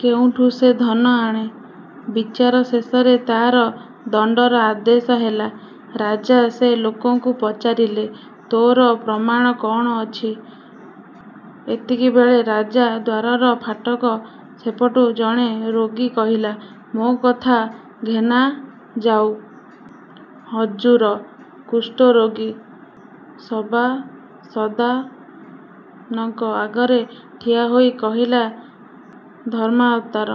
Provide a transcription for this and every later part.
କେଉଁଠୁ ସେ ଧନ ଆଣେ? ବିଚାର ଶେଷରେ ତା'ର ଦଣ୍ଡର ଆଦେଶ ହେଲା। ରାଜା ସେ ଲୋକକୁ ପଚାରିଲେ, ''ତୋର ପ୍ରମାଣ କ'ଣ ଅଛି? '' ଏତିକିବେଳେ ରାଜଦ୍ୱାରର ଫାଟକ ସେପଟୁ ଜଣେ ରୋଗୀ କହିଲା-'ମୋ କଥା ଘେନାଯାଉ, ହଜୁର। ' କୁଷ୍ଠରୋଗୀ ସଭାସଦ୍ମାନଙ୍କ ଆଗରେ ଠିଆ ହୋଇ କହିଲା-''ଧର୍ମାବତାର!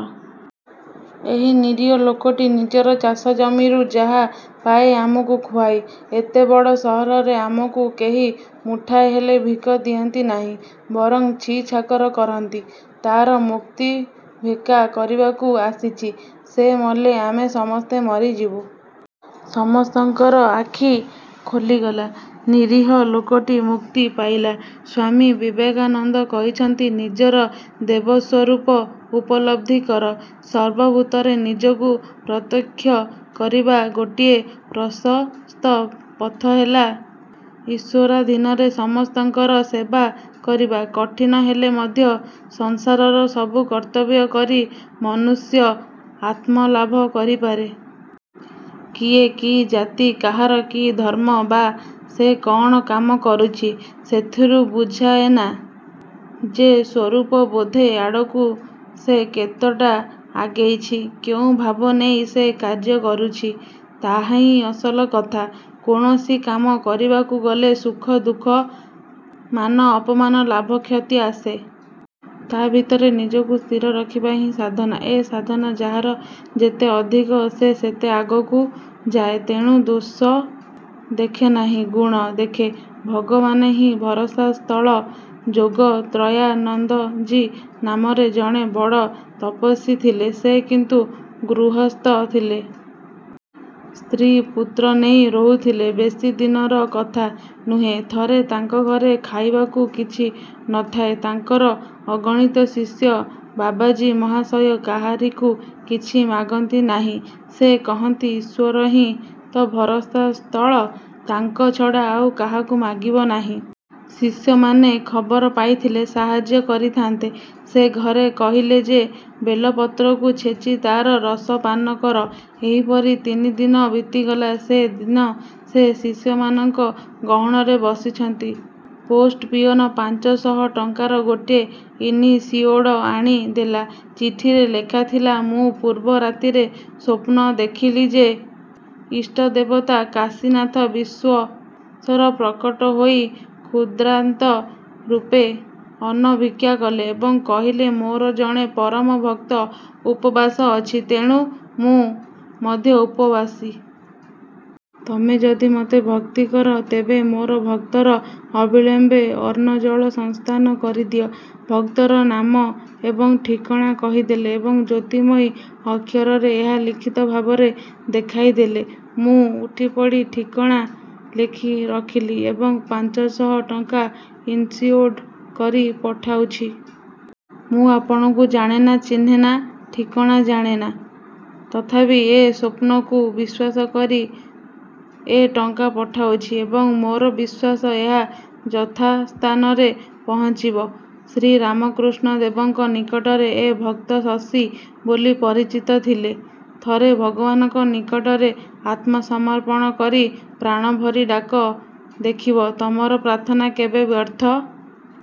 ଏହି ନିରୀହ ଲୋକଟି ନିଜର ଚାଷ ଜମିରୁ ଯାହା ପାଏ, ଆମକୁ ଖୁଆଏ। ଏତେ ବଡ଼ ସହରରେ ଆମକୁ କେହି ମୁଠିଏ ହେଲେ ଭିକ ଦିଅନ୍ତି ନାହିଁ, ବରଂ ଛି-ଛାକର କରନ୍ତି। ତା'ର ମୁକ୍ତି ଭିକ୍ଷା କରିବାକୁ ଆସିଛି। ସେ ମଲେ ଆମେ ସମସ୍ତେ ମରିଯିବୁ। '' ସମସ୍ତଙ୍କର ଆଖି ଖୋଲିଗଲା। ନିରୀହ ଲୋକଟି ମୁକ୍ତି ପାଇଲା। ସ୍ୱାମୀ ବିବେକାନନ୍ଦ କହିଛନ୍ତି-ନିଜର ଦେବସ୍ୱରୂପ ଉପଲବ୍ଧି କର। ସର୍ବଭୂତରେ ନିଜକୁ ପ୍ରତ୍ୟକ୍ଷ କରିବାର ଗୋଟିଏ ପ୍ରଶସ୍ତ ପଥ ହେଲା ଈଶ୍ୱରାଧୀନରେ ସମସ୍ତଙ୍କର ସେବା କରିବା। କଠିନ ହେଲେ ମଧ୍ୟ ସଂସାରର ସବୁ କର୍ତ୍ତବ୍ୟ କରି ମନୁଷ୍ୟ ଆତ୍ମଲାଭ କରିପାରେ। କିଏ କି ଜାତି, କାହାର କି ଧର୍ମ ବା ସେ କ'ଣ କାମ କରୁଛି, ସେଥିରୁ ବୁଝାଯାଏନା ଯେ ସ୍ୱରୂପବୋଧ ଆଡ଼କୁ ସେ କେତେଟା ଆଗେଇଛି? କେଉଁ ଭାବ ନେଇ ସେ କାର୍ଯ୍ୟ କରୁଛି, ତାହାହିଁ ଅସଲ କଥା-। କୌଣସି କାମ କରିବାକୁ ଗଲେ ସୁଖ-ଦୁଃଖ, ମାନ-ଅପମାନ; ଲାଭ-କ୍ଷତି ଆସେ। ତା' ଭିତରେ ନିଜକୁ ସ୍ଥିର ରଖିବା ହିଁ ସାଧନା। ଏ ସାଧନା ଯାହାର ଯେତେ ଅଧିକ ସେ ସେତେ ଆଗକୁ ଆଗେଇ ଯାଏ। ତେଣୁ ଦୋଷ ଦେଖ ନାହିଁ, ଗୁଣ ଦେଖ। ଭଗବାନହିଁ ଭରସା ସ୍ଥଳ ଯୋଗତ୍ରୟାନନ୍ଦଜୀ ନାମରେ ଜଣେ ବଡ଼ ତପସ୍ୱୀ ଥିଲେ। ସେ କିନ୍ତୁ ଗୃହସ୍ଥ ଥିଲେ। ସ୍ତ୍ରୀ ପୁତ୍ର ନେଇ ରହୁଥିଲେ। ବେଶୀ ଦିନର କଥା ନୁହେଁ। ଥରେ ତାଙ୍କଘରେ ଖାଇବାକୁ କିଛି ନ ଥାଏ। ତାଙ୍କର ଅଗଣିତ ଶିଷ୍ୟ। ବାବାଜୀ ମହାଶୟ କାହାରିକୁ କିଛି ମାଗନ୍ତି ନାହିଁ। ସେ କହନ୍ତି, ଈଶ୍ୱରହିଁ ତ ଭରସା ସ୍ଥଳ, ତାଙ୍କ ଛଡ଼ା ଆଉ କାହାକୁ ମାଗିବ? ଶିଷ୍ୟମାନେ ଖବର ପାଇଥିଲେ ସାହାଯ୍ୟ କରିଥାନ୍ତେ। ସେ ଘରେ କହିଲେ ଯେ ବେଲପତ୍ରକୁ ଛେଚି ତାର ରସ ପାନ କର। ଏହିପରି ତିନିଦିନ ବିତିଗଲା। ସେ ଦିନ ସେ ଶିଷ୍ୟମାନଙ୍କ ଗହଣରେ ବସିଛନ୍ତି, ପୋଷ୍ଟ ପିଅନ ପାଞ୍ଚଶହ ଟଙ୍କାର ଗୋଟିଏ ଇନିସିଓର୍ଡ଼ ଆଣି ଦେଲା। ଚିଠିରେ ଲେଖାଥିଲା-ମୁଁ ପୂର୍ବ ରାତିରେ ସ୍ୱପ୍ନ ଦେଖିଲି ଯେ ଇଷ୍ଟଦେବତା କାଶୀନାଥ ବିଶ୍ୱେଶ୍ୱର ପ୍ରକଟ ହୋଇ କ୍ଷୁଧାର୍ତ୍ତ ରୂପେ ଅନ୍ନ ଭିକ୍ଷା କଲେ ଏବଂ କହିଲେ, 'ମୋର ଜଣେ ପରମ ଭକ୍ତ ଉପବାସ ଅଛି, ତେଣୁ ମୁଁ ମଧ୍ୟ ଉପବାସୀ। ତମେ ଯଦି ମୋତେ ଭକ୍ତି କର, ତେବେ ମୋର ଭକ୍ତର ଅବିଳମ୍ବେ ଅନ୍ନଜଳ ସଂସ୍ଥାନ କରିଦିଅ। ' ଭକ୍ତର ନାମ ଏବଂ ଠିକଣା କହିଦେଲେ ଏବଂ ଜ୍ୟୋତିର୍ମୟ ଅକ୍ଷରରେ ଏହା ଲିଖିତ ଭାବରେ ଦେଖାଇ ଦେଲେ-। ମୁଁ ଉଠିପଡ଼ି ଠିକଣା ଲେଖି ରଖିଲି ଏବଂ ପାଞ୍ଚଶହ ଟଙ୍କା ଇନସିଓର୍ଡ କରି ପଠାଉଛି। ମୁଁ ଆପଣଙ୍କୁ ଜାଣେନା, ଚିହ୍ନେନା, ଠିକଣା ଜାଣେନା, ତଥାପି ଏ ସ୍ୱପ୍ନକୁ ବିଶ୍ୱାସ କରି ଏ ଟଙ୍କା ପଠାଉଛି ଏବଂ ମୋର ବିଶ୍ୱାସ ଏହା ଯଥାସ୍ଥାନରେ ପହଞ୍ଚିବ। ଶ୍ରୀରାମକୃଷ୍ଣ ଦେବଙ୍କ ନିକଟରେ ଏ ଭକ୍ତ 'ଶଶୀ' ବୋଲି ପରିଚିତ ଥିଲେ। ଥରେ ଭଗବାନଙ୍କ ନିକଟରେ ଆତ୍ମସମର୍ପଣ କରି ପ୍ରାଣଭରି ଡାକ; ଦେଖିବ ତମର ପ୍ରାର୍ଥନା କେବେ ବ୍ୟର୍ଥ